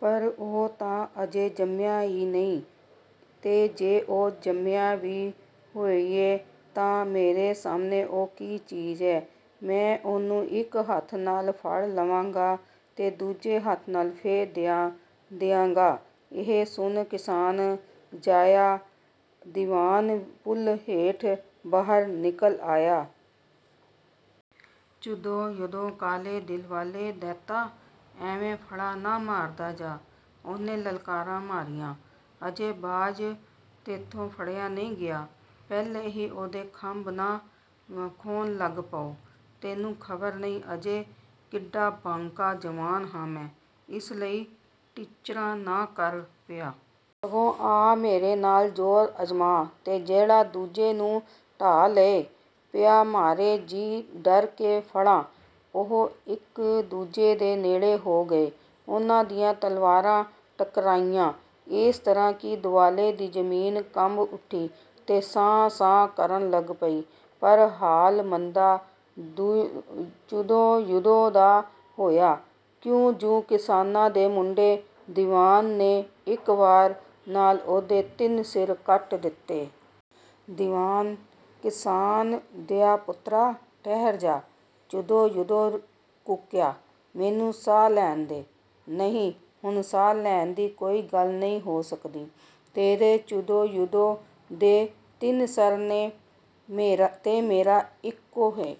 "ਪਰ ਉਹ ਤਾਂ ਅਜੇ ਜੰਮਿਆ ਈ ਨਹੀਂ, ਤੇ ਜੇ ਉਹ ਜੰਮਿਆ ਵੀ ਹੋਇਐ, ਤਾਂ ਮੇਰੇ ਸਾਹਮਣੇ ਉਹ ਕੀ ਚੀਜ਼ ਏ? ਮੈਂ ਉਹਨੂੰ ਇੱਕ ਹੱਥ ਨਾਲ ਫੜ ਲਵਾਂਗਾ ਤੇ ਦੂਜੇ ਨਾਲ ਫੇਹ ਦਿਆਂਗਾ।" ਇਹ ਸੁਣ ਕਿਸਾਨ-ਜਾਇਆ ਈਵਾਨ ਪੁਲ ਹੇਠੋਂ ਬਾਹਰ ਨਿਕਲ ਆਇਆ। "ਚੁਦੋ-ਯੁਦੋ, ਕਾਲੇ ਦਿਲ ਵਾਲੇ ਦੈਂਤਾ, ਐਵੇਂ ਫੜਾਂ ਨਾ ਮਾਰਦਾ ਜਾ!" ਉਹਨੇ ਲਲਕਾਰਾ ਮਾਰਿਆ। "ਅਜੇ ਬਾਜ਼ ਤੇਥੋਂ ਫੁੰਡਿਆ ਨਹੀਂ ਗਿਆ, ਪਹਿਲੋਂ ਹੀ ਓਹਦੇ ਖੰਭ ਨਾ ਖੋਹਣ ਲੱਗ ਪਓ! ਤੈਨੂੰ ਖ਼ਬਰ ਨਹੀਂ ਅਜੇ, ਕਿੱਡਾ ਬਾਂਕਾ ਜਵਾਨ ਹਾਂ ਮੈਂ, ਏਸ ਲਈ ਟਿੱਚਰਾਂ ਨਾ ਕਰ ਪਿਆ! ਸਗੋਂ ਆ, ਮੇਰੇ ਨਾਲ ਜ਼ੋਰ ਅਜ਼ਮਾ, ਤੇ ਜਿਹੜਾ ਦੂਜੇ ਨੂੰ ਢਾਹ ਲਏ, ਪਿਆ ਮਾਰੇ ਜੀ ਭਰ ਕੇ ਫੜਾਂ।" ਉਹ ਇੱਕ ਦੂਜੇ ਦੇ ਨੇੜੇ ਹੋ ਗਏ, ਉਹਨਾਂ ਦੀਆਂ ਤਲਵਾਰਾਂ ਟਕਰਾਈਆਂ, ਏਸ ਤਰ੍ਹਾਂ ਕਿ ਦੁਆਲੇ ਦੀ ਜ਼ਮੀਨ ਕੰਬ ਉੱਠੀ ਤੇ ਸਾਂ-ਸਾਂ ਕਰਨ ਲੱਗ ਪਈ, ਪਰ ਹਾਲ ਮੰਦਾ ਚੁਦੋ-ਯੁਦੋ ਦਾ ਹੋਇਆ, ਕਿਉਂ ਜੁ ਕਿਸਾਨਾਂ ਦੇ ਮੁੰਡੇ ਈਵਾਨ ਨੇ ਇੱਕ ਵਾਰ ਨਾਲ ਉਹਦੇ ਤਿੰਨ ਸਿਰ ਕੱਟ ਦਿੱਤੇ। "ਈਵਾਨ, ਕਿਸਾਨ ਦਿਆ ਪੁੱਤਰਾ, ਠਹਿਰ ਜਾ!" ਚੁਦੋ-ਯੁਦੋ ਕੂਕਿਆ। "ਮੈਨੂੰ ਸਾਹ ਲੈ ਲੈਣ ਦੇ!" "ਨਹੀਂ, ਹੁਣ ਸਾਹ ਲੈਣ ਦੀ ਕੋਈ ਗੱਲ ਨਹੀਂ ਹੋ ਸਕਦੀ। ਤੇਰੇ, ਚੁਦੋ-ਯੁਦੋ ਦੇ, ਤਿੰਨ ਸਿਰ ਨੇ ਤੇ ਮੇਰਾ ਇੱਕੋ ਏ।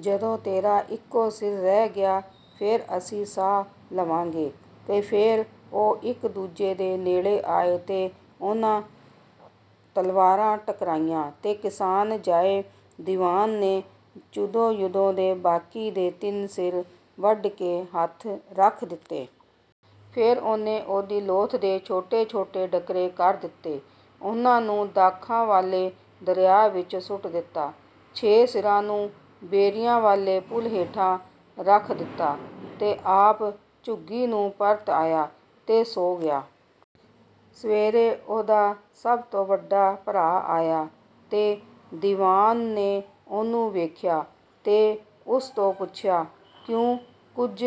ਜਦੋਂ ਤੇਰਾ ਇੱਕੋ ਸਿਰ ਰਹਿ ਗਿਆ, ਫੇਰ ਅਸੀਂ ਸਾਹ ਲਵਾਂਗੇ।" ਤੇ ਫੇਰ ਉਹ ਇੱਕ ਦੂਜੇ ਦੇ ਨੇੜੇ ਆਏ ਤੇ ਉਹਨਾਂ ਤਲਵਾਰਾਂ ਟਕਰਾਈਆਂ, ਤੇ ਕਿਸਾਨ-ਜਾਏ ਈਵਾਨ ਨੇ ਚੁਦੋ-ਯੁਦੋ ਦੇ ਬਾਕੀ ਦੇ ਤਿੰਨੇ ਸਿਰ ਵੱਢ ਕੇ ਰੱਖ ਦਿੱਤੇ। ਫੇਰ ਉਹਨੇ ਉਹਦੀ ਲੋਥ ਦੇ ਛੋਟੇ-ਛੋਟੇ ਡਕਰੇ ਕਰ ਦਿੱਤੇ, ਉਹਨਾਂ ਨੂੰ ਦਾਖਾਂ ਵਾਲੇ ਦਰਿਆ ਵਿੱਚ ਸੁੱਟ ਦਿੱਤਾ, ਛੇ ਸਿਰਾਂ ਨੂੰ ਬੇਰੀਆਂ ਵਾਲੇ ਪੁਲ ਹੇਠਾਂ ਰੱਖ ਦਿੱਤਾ ਤੇ ਆਪ ਝੁੱਗੀ ਨੂੰ ਪਰਤ ਆਇਆ ਤੇ ਸੌਂ ਗਿਆ। ਸਵੇਰੇ, ਉਹਦਾ ਸਭ ਤੋਂ ਵੱਡਾ ਭਰਾ ਆਇਆ, ਤੇ ਈਵਾਨ ਨੇ ਉਹਨੂੰ ਵੇਖਿਆ ਤੇ ਉਸ ਤੋਂ ਪੁੱਛਿਆ: "ਕਿਉਂ, ਕੁਝ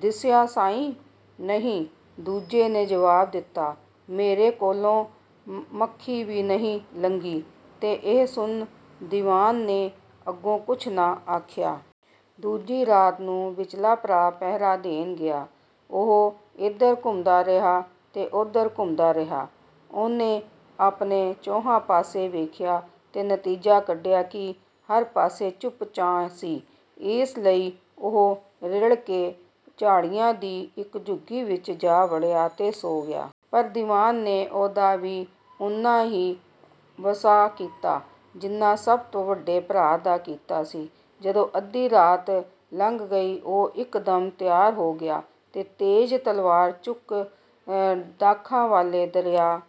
ਦਿਸਿਆ ਸਾਈ?" "ਨਹੀਂ," ਦੂਜੇ ਨੇ ਜਵਾਬ ਦਿੱਤਾ, "ਮੇਰੇ ਕੋਲੋਂ ਮੱਖੀ ਵੀ ਨਹੀਂ ਲੰਘੀ।" ਤੇ ਇਹ ਸੁਣ ਈਵਾਨ ਨੇ ਅਗੋਂ ਕੁਝ ਨਾ ਆਖਿਆ। ਦੂਜੀ ਰਾਤ ਨੂੰ ਵਿਚਲਾ ਭਰਾ ਪਹਿਰਾ ਦੇਣ ਗਿਆ। ਉਹ ਏਧਰ ਘੁੰਮਦਾ ਰਿਹਾ ਤੇ ਓਧਰ ਘੁੰਮਦਾ ਰਿਹਾ, ਉਹਨੇ ਆਪਣੇ ਚੌਹਾਂ ਪਾਸੇ ਵੇਖਿਆ ਤੇ ਨਤੀਜਾ ਕੱਢਿਆ ਕਿ ਹਰ ਪਾਸੇ ਚੁੱਪ-ਚਾਂ ਸੀ। ਏਸ ਲਈ ਉਹ ਰਿੜਕੇ ਝਾੜੀਆਂ ਦੀ ਇੱਕ ਝੁੰਗੀ ਵਿੱਚ ਜਾ ਵੜਿਆ, ਤੇ ਸੌਂ ਗਿਆ। ਪਰ ਈਵਾਨ ਨੇ ਉਹਦਾ ਵੀ ਓਨਾ ਹੀ ਵਸਾਹ ਕੀਤਾ, ਜਿੰਨਾ ਸਭ ਤੋਂ ਵੱਡੇ ਭਰਾ ਦਾ ਕੀਤਾ ਸੀ। ਜਦੋਂ ਅੱਧੀ ਰਾਤ ਲੰਘ ਗਈ, ਉਹ ਇਕਦਮ ਤਿਆਰ ਹੋ ਗਿਆ, ਤੇ ਤੇਜ਼ ਤਲਵਾਰ ਚੁੱਕ ਦਾਖਾਂ ਵਾਲੇ ਦਰਿਆ